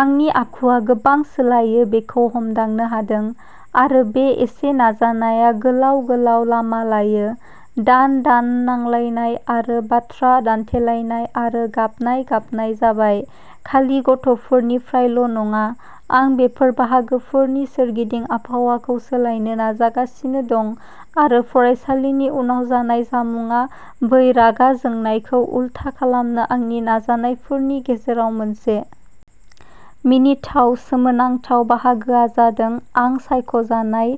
आंनि आखुआ गोबां सोलायो बेखौ हमदांनो हादों। आरो बे एसे नाजानाया गोलाव, गोलाव लामा लायो। दान-दान नांलायनाय आरो बाथ्रा दान्थेलायनाय आरो गाबनाय-गाबनाय जाबाय, खालि गथ'फोरनिफ्रायल'नङा। आं बेफोर बाहागोफोरनि सोरगिदिं आबहावाखौ सोलायनो नाजागासिनो दं आरो फरायसालिनि उनाव जानाय जामुंआ बै रागा जोंनायखौ उलथा खालामनो आंनि नाजानायफोरनि गेजेराव मोनसे। मिनिथाव/सोमोनांथाव बाहागोआ जादोंआं सायख'जानाय,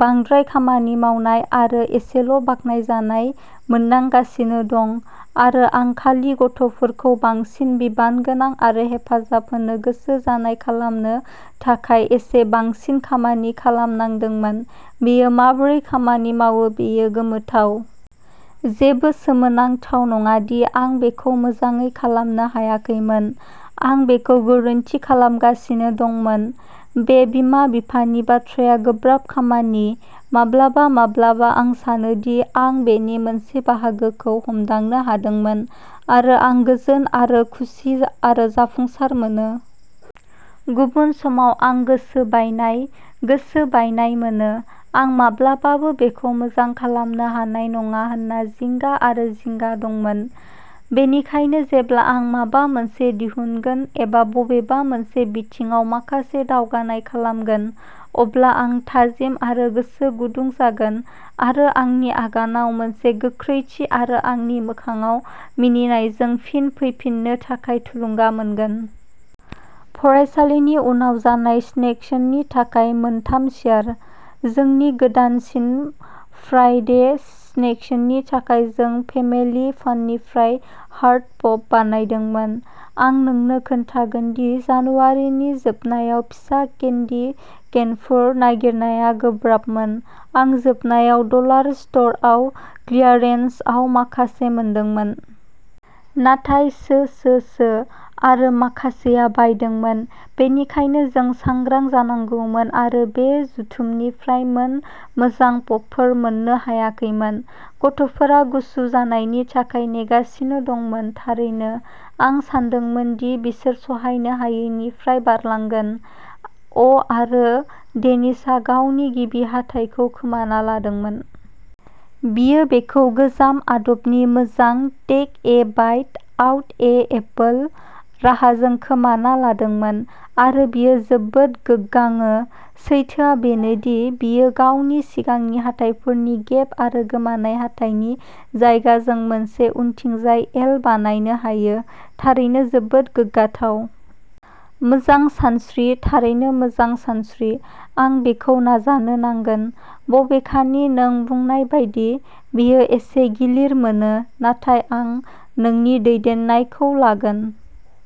बांद्राय खामानि मावनाय आरो एसेल'बाख्नायजानाय मोनदांगासिनो दं आरो आं खालि गथ'फोरखौ बांसिन बिबानगोनां आरो हेफाजाब होनो गोसो जानाय खालामनो थाखाय एसे बांसिन खामानि खालामनांदोंमोन। बेयो माबोरै खामानि मावो बेयो गोमोथाव। जेबो सोमोनांथाव नङा दि आं बेखौ मोजाङै खालामनो हायाखैमोन। आं बेखौ गोरोन्थि खालामगासिनो दंमोन। बे बिमा-बिफानि बाथ्राया गोब्राब खामानि। माब्लाबा माब्लाबा आं सानो दि आं बेनि मोनसे बाहागोखौ हमदांनो हादोंमोन आरो आं गोजोन आरो खुसि आरो जाफुंसार मोनो। गुबुन समाव आं गोसो बायनाय, गोसो बायनाय मोनो। आं माब्लाबाबो बेखौ मोजां खालामनो हानाय नङा होनना जिंगा आरो जिंगा दंमोन। बेनिखायनो जेब्ला आं माबा मोनसे दिहुनगोन एबा बबेबा मोनसे बिथिङाव माखासे दावगानाय खालामगोन, अब्ला आं थाजिम आरो गोसो गुदुं जागोन आरो आंनि आगानआव मोनसे गोख्रैथि आरो आंनि मोखांआव मिनिनायजों फिन फैफिननो थाखाय थुलुंगा मोनगोन। फरायसालिनि उनाव जानाय स्नेक्सनि थाखाय मोनथाम चियार। जोंनि गोदानसिन फ्राइडे स्नेक्सनि थाखाय जों फेमिलि फाननिफ्राय हार्ट पप बानायदोंमोन। आं नोंनो खोन्थागोनदि जानुवारिनि जोबनायाव फिसा केन्डी केनफोर नागिरनाया गोब्राबमोन। आं जोबनायाव डलार स्ट'रआव क्लियारेन्सआव माखासे मोनदोंमोन। नाथाय सोसोसो। आरो माखासेआ बायदोंमोन। बेनिखायनो जों सांग्रां जानांगौमोन आरो बे जुथुमनिफ्राय मोन मोजां पपफोर मोननो हायाखैमोन। गथ'फोरा गुसु जानायनि थाखाय नेगासिनो दंमोन। थारैनो। आं सानदोंमोन दि बिसोर सहायनो हायैनिफ्राय बारलांगोन। अ'आरो डेनिसआ गावनि गिबि हाथाइखौ खोमाना लादोंमोन। बियो बेखौ गोजाम आदबनि मोजां, टेक-ए-बाइट-आउट-ए-एपोल राहाजों खोमाना लादोंमोन। आरो बियो जोबोद गोग्गाङो। सैथोआ बेनो दि बियो गावनि सिगांनि हाथाइफोरनि गेप आरो गोमानाय हाथाइनि जायगाजों मोनसे उनथिंजाय "एल" बानायनो हायो। थारैनो जोबोद गोग्गाथाव। मोजां सानस्रि, थारैनो मोजां सानस्रि। आं बेखौ नाजानो नांगोन, बबेखानि नों बुंनाय बायदि, बेयो एसे गिलिर मोनो, नाथाय आं नोंनि दैदेननायखौ लागोन।